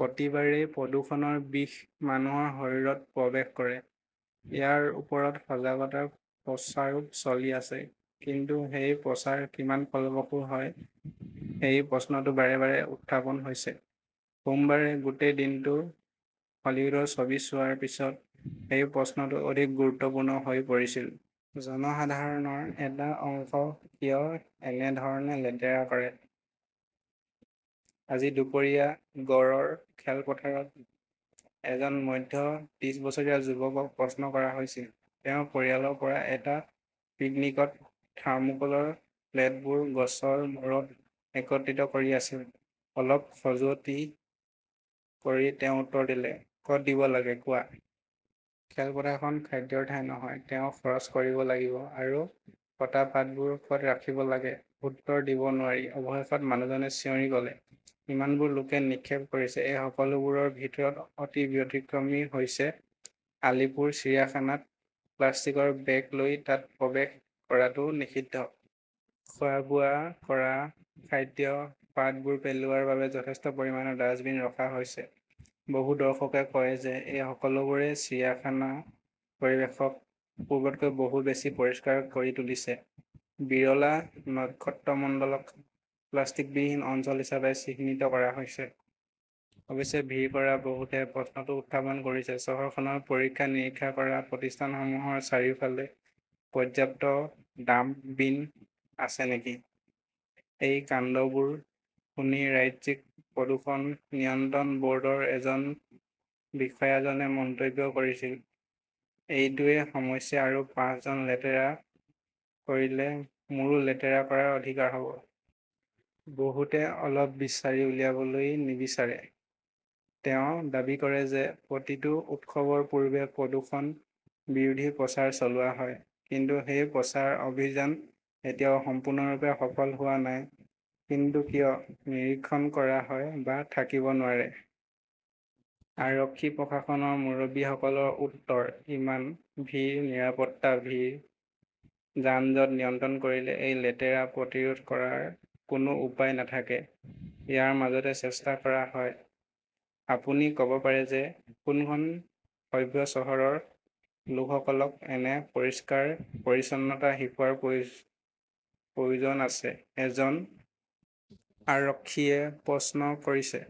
প্ৰতিবাৰেই প্ৰদূষণৰ বিষ মানুহৰ শৰীৰত প্ৰৱেশ কৰে। ইয়াৰ ওপৰত সজাগতাৰ প্ৰচাৰো চলি আছে। কিন্তু সেই প্ৰচাৰ কিমান ফলপ্ৰসূ হয় সেই প্ৰশ্নটো বাৰে বাৰে উত্থাপন হৈছে। সোমবাৰে গোটেই দিনটো হুলোডৰ ছবি চোৱাৰ পিছত সেই প্ৰশ্নটো অধিক গুৰুত্বপূৰ্ণ হৈ পৰিছিল। জনসাধাৰণৰ এটা অংশ কিয় এনে ধৰণে লেতেৰা কৰে? আজি দুপৰীয়া গড়ৰ খেলপথাৰত এজন মধ্য ত্ৰিশ বছৰীয়া যুৱকক প্ৰশ্ন কৰা হৈছিল। তেওঁ পৰিয়ালৰ পৰা এটা পিকনিকত থাৰ্মোকোলৰ প্লেটবোৰ গছৰ মূৰত একত্ৰিত কৰি আছিল। অলপ খজুৱতি কৰি তেওঁ উত্তৰ দিলে, কত দিব লাগে কোৱা? খেলপথাৰখন খাদ্যৰ ঠাই নহয়। তেওঁ খৰচ কৰিব লাগিব আৰু কটা পাতবোৰ কত ৰাখিব লাগে। উত্তৰ দিব নোৱাৰি, অৱশেষত, মানুহজনে চিঞৰি কলে, ইমানবোৰ লোকে নিক্ষেপ কৰিছে। এই সকলোবোৰৰ ভিতৰত অতি ব্যতিক্ৰমী হৈছে আলিপুৰ চিৰিয়াখানাত প্লাষ্টিকৰ বেগ লৈ তাত প্ৰৱেশ কৰাটো নিষিদ্ধ। খোৱা-বোৱা কৰা খাদ্য, পাতবোৰ পেলোৱাৰ বাবে যথেষ্ট পৰিমাণৰ ডাস্টবিন ৰখা হৈছে। বহু দৰ্শকে কয় যে এই সকলোবোৰে চিৰিয়াখানা পৰিৱেশক পূৰ্বতকৈ বহু বেছি পৰিষ্কাৰ কৰি তুলিছে। বিৰলা নক্ষত্ৰমণ্ডলক প্লাষ্টিকবিহীন অঞ্চল হিচাপে চিহ্নিত কৰা হৈছে। অৱশ্যে ভিৰ কৰা বহুতে প্ৰশ্নটো উত্থাপন কৰিছে, চহৰখনৰ পৰীক্ষা-নিৰীক্ষা কৰা প্ৰতিষ্ঠানসমূহৰ চাৰিওফালে পৰ্যাপ্ত ডাম্পবিন আছে নেকি? এই কাণ্ডবোৰ শুনি ৰাজ্যিক প্ৰদূষণ নিয়ন্ত্ৰণ বৰ্ডৰ এজন বিষয়াজনে মন্তব্য কৰিছিল, এইটোৱেই সমস্যা আৰু পাঁচজনে লেতেৰা কৰিলে মোৰো লেতেৰা কৰাৰ অধিকাৰ হব! বহুতে অলপ বিচাৰি উলিয়াবলৈ নিবিচাৰে। তেওঁ দাবী কৰে যে প্ৰতিটো উৎসৱৰ পূৰ্বে প্ৰদূষণ বিৰোধী প্ৰচাৰ চলোৱা হয়। কিন্তু সেই প্ৰচাৰ অভিযান এতিয়াও সম্পূৰ্ণৰূপে সফল হোৱা নাই। কিন্তু কিয় নিৰীক্ষণ কৰা হয় বা থাকিব নোৱাৰে? আৰক্ষী-প্ৰশাসনৰ মুৰব্বীসকলৰ উত্তৰ, ইমান ভিৰ, নিৰাপত্তা, ভিৰ, যান-জঁট নিয়ন্ত্ৰণ কৰিলে এই লেতেৰা প্ৰতিৰোধ কৰাৰ কোনো উপায় নাথাকে। ইয়াৰ মাজতে চেষ্টা কৰা হয়। আপুনি কব পাৰে যে কোনখন সভ্য চহৰৰ লোকসকলক এনেদৰে পৰিষ্কাৰ-পৰিচ্ছন্নতা শিকোৱাৰ প্ৰয়োজন আছে? এজন আৰক্ষীয়ে প্ৰশ্ন কৰিছে।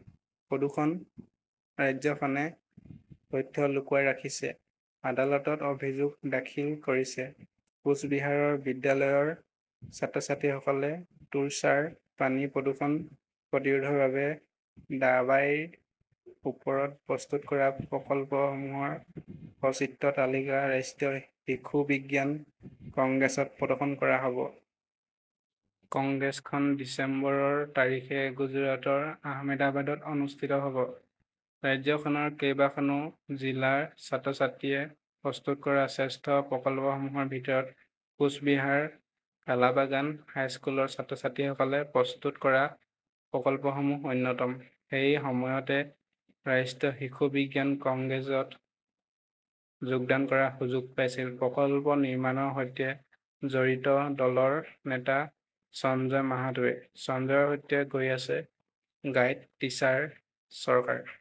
প্ৰদূষণ-ৰাজ্যখনে তথ্য লুকুৱাই ৰাখিছে, আদালতত অভিযোগ দাখিল কৰিছে কোচ বিহাৰৰ বিদ্যালয়ৰ ছাত্ৰ-ছাত্ৰীসকলে তোৰছাৰ পানী প্ৰদূষণ প্ৰতিৰোধৰ বাবে 'দাৱাইৰ ওপৰত প্ৰস্তুত কৰা প্ৰকল্পসমূহৰ সচিত্ৰ তালিকা ৰাষ্ট্ৰীয় শিশু বিজ্ঞান কংগ্ৰেছত প্ৰদৰ্শন কৰা হব। কংগ্ৰেছখন ডিচেম্বৰৰ তাৰিখে গুজৰাটৰ আহমেদাবাদত অনুষ্ঠিত হ 'ব। ৰাজ্যখনৰ কেইবাখনো জিলাৰ ছাত্ৰ-ছাত্ৰীয়ে প্ৰস্তুত কৰা শ্ৰেষ্ঠ প্ৰকল্পসমূহৰ ভিতৰত কোচ বিহাৰ কালাবাগান হাইস্কুলৰ ছাত্ৰ-ছাত্ৰীসকলে প্ৰস্তুত কৰা প্ৰকল্পসমূহ অন্যতম। সেই সময়তে ৰাষ্ট্ৰীয় শিশু বিজ্ঞান কংগ্ৰেছত যোগদান কৰাৰ সুযোগ পাইছিল প্ৰকল্প নিৰ্মাণৰ সৈতে জড়িত দলৰ নেতা সঞ্জয় মাহাতোৱে। সঞ্জয়ৰ সৈতে গৈ আছে 'গাইড টিচাৰ চৰকাৰ।